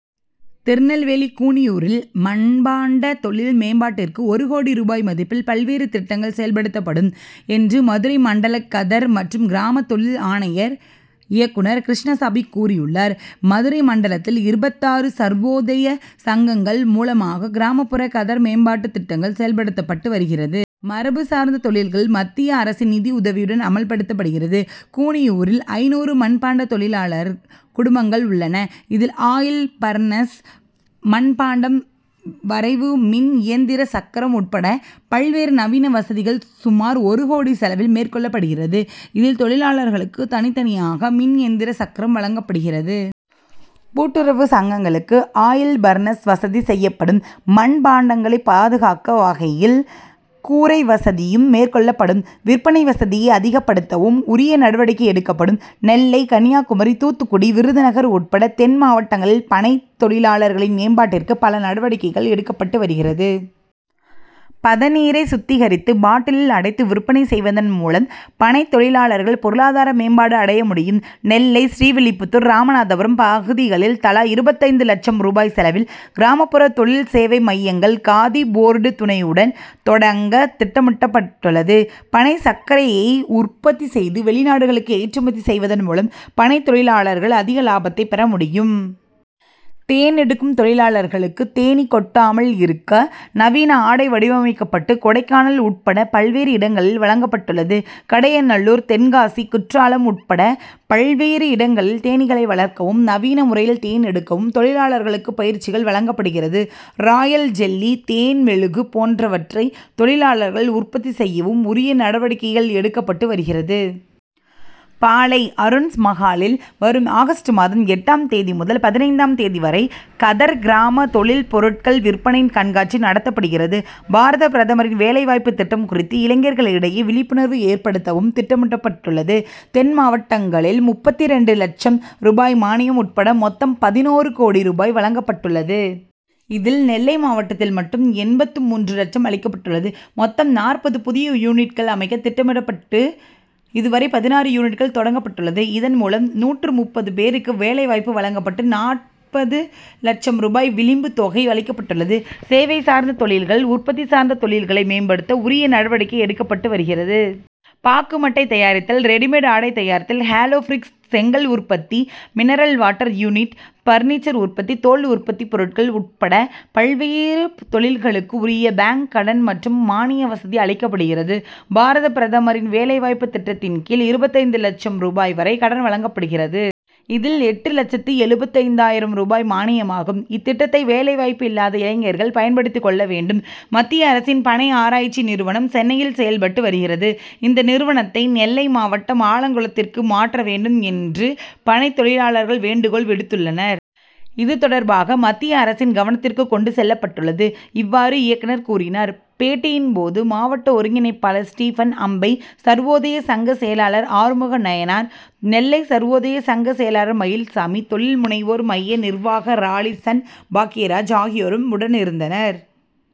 திருநெல்வேலி கூனியூரில் மண்பாண்ட தொழில் மேம்பாட்டிற்கு ஒரு கோடி ரூபாய் மதிப்பில் பல்வேறு திட்டங்கள் செயல்படுத்தப்படும் என்று மதுரை மண்டல கதர் மற்றும் கிராம தொழில் ஆணையர் இயக்குனர் கிருஷ்ணசாமி கூறியுள்ளார். மதுரை மண்டலத்தில் இருபத்தாறு சர்வோதய சங்கங்கள் மூலமாக கிராமப்புற கதர் மேம்பாட்டு திட்டங்கள் செயல்படுத்தப்பட்டு வருகிறது. மரபு சார்ந்த தொழில்கள் மத்திய அரசின் நிதி உதவியுடன் அமல்படுத்தப்படுகிறது. கூனியூரில் ஐந்நூறு மண்பாண்ட தொழிலாளர் குடும்பங்கள் உள்ளன. இதில் ஆயில் பர்னஸ், மண்பாண்டம் வரைவு மின் இயந்திர சக்கரம் உட்பட பல்வேறு நவீன வசதிகள் சுமார் ஒரு கோடி செலவில் மேற்கொள்ளப்படுகிறது. இதில் தொழிலாளர்களுக்கு தனித்தனியாக மின் எந்திர சக்கரம் வழங்கப்படுகிறது. கூட்டுறவு சங்கங்களுக்கு ஆயில் பர்னஸ் வசதி செய்யப்படும். மண் பாண்டங்களை பாதுகாக்க வகையில் கூரை வசதியும் மேற்கொள்ளப்படும். விற்பனை வசதியை அதிகப்படுத்தவும் உரிய நடவடிக்கை எடுக்கப்படும். நெல்லை, கன்னியாகுமரி, தூத்துக்குடி, விருதுநகர் உட்பட தென் மாவட்டங்களில் பனைத் தொழிலாளர்களின் மேம்பாட்டிற்கு பல நடவடிக்கைகள் எடுக்கப்பட்டு வருகிறது. பதனீரை சுத்திகரித்து பாட்டிலில் அடைத்து விற்பனை செய்வதின் மூலம் பனைத் தொழிலாளர்கள் பொருளாதார மேம்பாடு அடைய முடியும். நெல்லை, ஸ்ரீவில்லிபுத்தூர், ராமநாதபுரம் பகுதிகளில் தலா இருபத்தைந்து லட்சம் ரூபாய் செலவில் கிராமப்புற தொழில் சேவை மைங்கள் காதி போர்டு துணையுடன் தொடங்க திட்டமிடப்பட்டுள்ளது. பனை சர்க்கரையை உற்பத்தி செய்து வெளிநாடுகளுக்கு ஏற்றுமதி செய்வதின் மூலம் பனைத் தொழிலாளர்கள் அதிக லாபத்தை பெற முடியும். தேன் எடுக்கும் தொழிலாளர்களுக்கு தேனீ கொட்டாமல் இருக்க நவீன ஆடை வடிவமைக்கப்பட்டு கொடைக்கானல் உட்பட பல்வேறு இடங்களில் வழங்கப்பட்டுள்ளது. கடையநல்லூர், தென்காசி, குற்றாலம் உட்பட பல்வேறு இடங்களில் தேனீக்களை வளர்க்கவும், நவீன முறையில் தேன் எடுக்கவும் தொழிலாளர்களுக்கு பயிற்சிகள் வழங்கப்படுகிறது. ராயல் ஜெல்லி, தேன் மெழுகு போன்றவற்றை தொழிலாளர்கள் உற்பத்தி செய்யவும் உரிய நடவடிக்கைகள் எடுக்கப்பட்டு வருகிறது. பாளை அருண்ஸ் மகாலில் வரும் ஆகஸ்ட் மாதம் எட்டாம் தேதி முதல் பதினைந்தாம் தேதி வரை கதர் கிராம தொழில் பொருட்கள் விற்பனை கண்காட்சி நடத்தப்படுகிறது. பாரத பிரதமரின் வேலைவாய்ப்பு திட்டம் குறித்து இளைஞர்களிடையே விழிப்புணர்வு ஏற்படுத்தவும் திட்டமிடப்பட்டுள்ளது. தென் மாவட்டங்களில் முப்பத்திரண்டு லட்சம் ரூபாய் மானியம் உட்பட மெத்தம் பதினொரு கோடி ரூபாய் வழங்கப்பட்டுள்ளது. இதில் நெல்லை மாவட்டத்தில் மட்டும் எண்பத்து மூன்று லட்சம் அளிக்கப்பட்டுள்ளது. மொத்தம் நாற்பது புதிய யூனிட்கள் அமைக்க திட்டமிடப்பட்டு இதுவரை பதினாறு யூனிட்கள் தொடங்கப்பட்டுள்ளது. இதன் மூலம் நூற்று முப்பது பேருக்கு வேலைவாய்ப்பு வழங்கப்பட்டு நாற்பது லட்சம் ரூபாய் விளிம்பு தொகை அளிக்கப்பட்டுள்ளது. சேவை சார்ந்த தொழில்கள், உற்பத்தி சார்ந்த தொழில்களை மேம்படுத்த உரிய நடவடிக்கை எடுக்கப்பட்டு வருகிறது. பாக்கு மட்டை தயாரித்தல், ரெடிமேட் ஆடை தயாரித்தல், ஹாலோ பிரிக்ஸ் செங்கல் உற்பத்தி, மினரல் வாட்டர் யூனிட், பர்னிச்சர் உற்பத்தி, தோல் உற்பத்தி பொருட்கள் உட்பட பல்வேறு தொழில்களுக்கு உரிய பாங்க் கடன் மற்றும் மானிய வசதி அளிக்கப்படுகிறது. பாரத பிரதமரின் வேலைவாய்ப்பு திட்டத்தின் கீழ் இருபத்தைந்து லட்சம் ரூபாய் வரை கடன் வழங்கப்படுகிறது. இதில் எட்டு லட்சத்து எழுபத்தைந்தாயிரம் ரூபாய் மானியமாகும். இத்திட்டத்தை வேலைவாய்ப்பு இல்லாத இளைஞர்கள் பயன்படுத்தி கொள்ள வேண்டும். மத்திய அரசின் பனை ஆராய்ச்சி நிறுவனம் சென்னையில் செயல்பட்டு வருகிறது. இந்த நிறுவத்தை நெல்லை மாவட்டம் ஆலங்குளத்திற்கு மாற்ற வேண்டும் என்று பனைத் தொழிலாளர்கள் வேண்டுகோள் விடுத்துள்ளனர். இதுதொடர்பாக மத்திய அரசின் கவனத்திற்கு கொண்டு செல்லப்பட்டுள்ளது. இவ்வாறு இயக்குனர் கூறினார். பேட்டியின் போது மாவட்ட ஒருங்கிணைப்பாளர் ஸ்டீபன், அம்பை சர்வோதய சங்க செயலாளர் ஆறுமுக நயினார். நெல்லை சர்வோதய சங்க செயலாளர் மயில்சாமி, தொழில் முனைவோர் மைய நிர்வா ராலிசன் பாக்கியராஜ் ஆகியோரும் உடனிருந்தனர்.